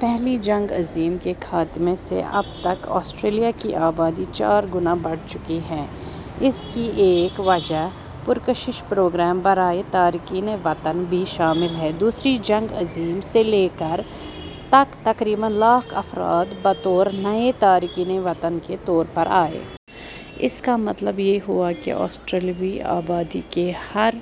پہلی جنگ عظیم کے خاتمے سے اب تک آسٹریلیا کی آبادی چار گنا بڑھ چکی ہے۔ اس کی ایک وجہ پرکشش پروگرام برائے تارکین وطن بھی شامل ہے۔ دوسری جنگ عظیم سے لے کر ء تک تقریباً لاکھ افراد بطور نئے تارکین وطن کے طور پر آئے۔ اس کا مطلب یہ ہوا کہ آسٹریلوی آبادی کے ہر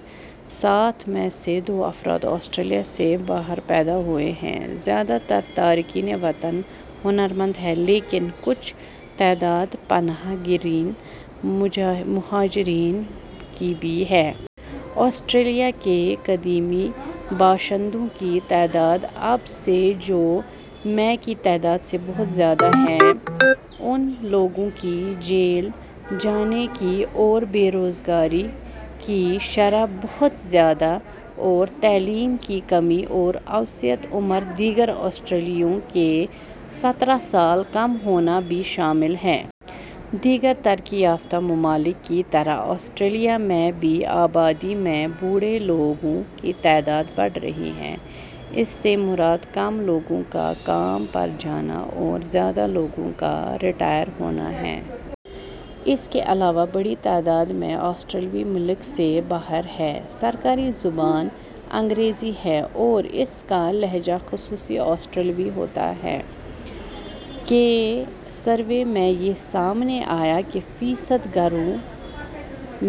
سات میں سے دو افراد آسٹریلیا سے باہر پیدا ہوئے ہیں۔ زیادہ تر تارکین وطن ہنرمند ہیں لیکن کچھ تعداد پناہ گزین مہاجرین کی بھی ہے۔ آسٹریلیا کے قدیمی باشندوں کی تعداد اب ہے جو ء میں کی تعداد سے بہت زیادہ ہے۔ ان لوگوں کی جیل جانے کی اور بے روزگاری کی شرح بہت زیادہ اور تعلیم کی کمی اور اوسط عمر دیگر آسٹریلیوں سے سترہ سال کم ہونا بھی شامل ہے۔ دیگر ترقی یافتہ ممالک کی طرح آسٹریلیا میں بھی آبادی میں بوڑھے لوگوں کی تعداد بڑھ رہی ہے۔ اس سے مراد کم لوگوں کا کام پر جانا اور زیادہ لوگوں کا ریٹائر ہونا ہے۔ اس کے علاوہ بڑی تعداد میں آسٹریلوی ملک سے باہر ہیں۔ سرکاری زبان انگریزی ہے اور اس کا لہجہ مخصوص آسٹریلوی ہوتا ہے۔ ء کے سروے میں یہ سامنے آیا کہ فیصد گھروں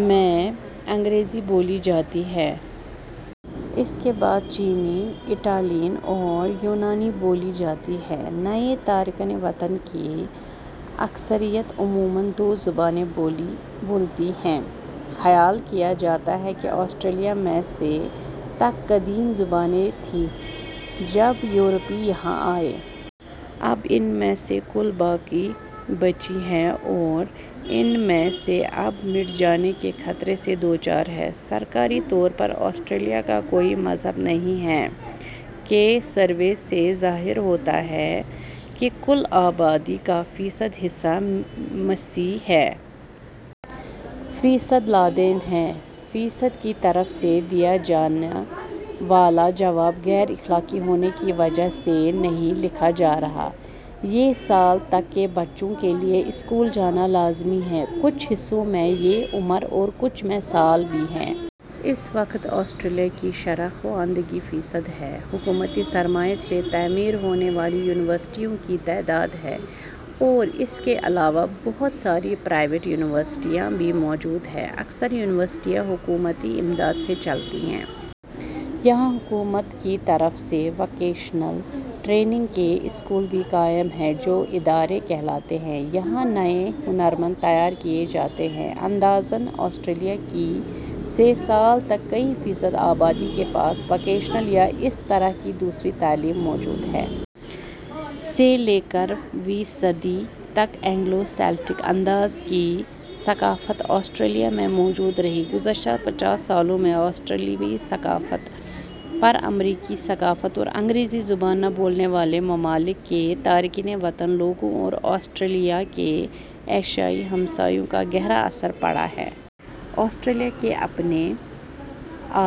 میں انگریزی بولی جاتی ہے۔ اس کے بعد چینی، اٹالین اور یونانی بولی جاتی ہیں۔ نئے تارکین وطن کی اکثریت عموماً دو زبانیں بولتی ہے۔ خیال کیا جاتا ہے کہ آسٹریلیا میں سے تک قدیم زبانیں تھیں جب یورپی یہاں آئے۔ اب ان میں سے کل باقی بچی ہیں اور ان میں سے اب مٹ جانے کے خطرے سے دوچار ہیں۔ سرکاری طور پر آسٹریلیا کا کوئی مذہب نہیں ہے۔ ء کے سروے سے ظاہر ہوتا ہے کہ کل آبادی کا فیصد حصہ مسیحی ہے۔ فیصد لادین ہیں۔ فیصد کی طرف سے دیا جانا والا جواب غیر اخلاقی ہونے کی وجہ سے نہیں لکھا جا رہا۔ سے سال تک کے بچوں کے لیے اسکول جانا لازمی ہے، کچھ حصوں میں یہ عمر اور کچھ میں سال بھی ہے۔ اس وقت آسٹریلیا کی شرح خواندگی فیصد ہے۔ حکومتی سرمائے سے تعمیر ہونے والی یونیورسٹیوں کی تعداد ہے اور اس کے علاوہ بہت ساری پرائیوٹ یونیورسٹیاں بھی موجود ہیں۔ اکثر یونیورسٹیاں حکومتی امداد سے چلتی ہیں۔ یہاں حکومت کی طرف سے ووکیشنل ٹریننگ کے اسکول بھی قائم ہیں جو ادارے کہلاتے ہیں۔ یہاں نئے ہنرمند تیار کیے جاتے ہیں۔ اندازہً آسٹریلیا کی سے سال تک کی فیصد آبادی کے پاس ووکیشنل یا اس طرح کی دوسری تعلیم موجود ہے۔ ء سے لے کر ویں صدی تک اینگلو سیلٹک انداز کی ثقافت آسڑیلیا میں موجود رہی۔ گذشتہ پچاس سالوں میں آسٹریلوی ثقافت پر امریکی ثقافت اور انگریزی زبان نہ بولنے والے ممالک کے تارکین وطن لوگوں اور آسٹریلیا کے ایشیائی ہمسائیوں کا گہرا اثر پڑا ہے۔ آسٹریلیا کے اپنے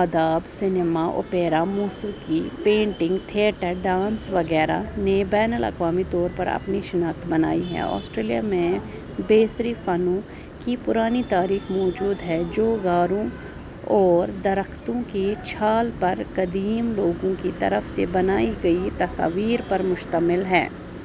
ادب، سینما، اوپرا، موسیقی، پینٹنگ، تھیٹر، ڈانس وغیرہ نے بین الاقوامی طور پر اپنی شناخت بنائی ہے۔ آسٹریلیا میں بصری فنون کی پرانی تاریخ موجود ہے جو غاروں میں اور درختوں کی چھال پر قدیم لوگوں کی طرف سے بنائی گئی تصاویر پر مشتمل ہے۔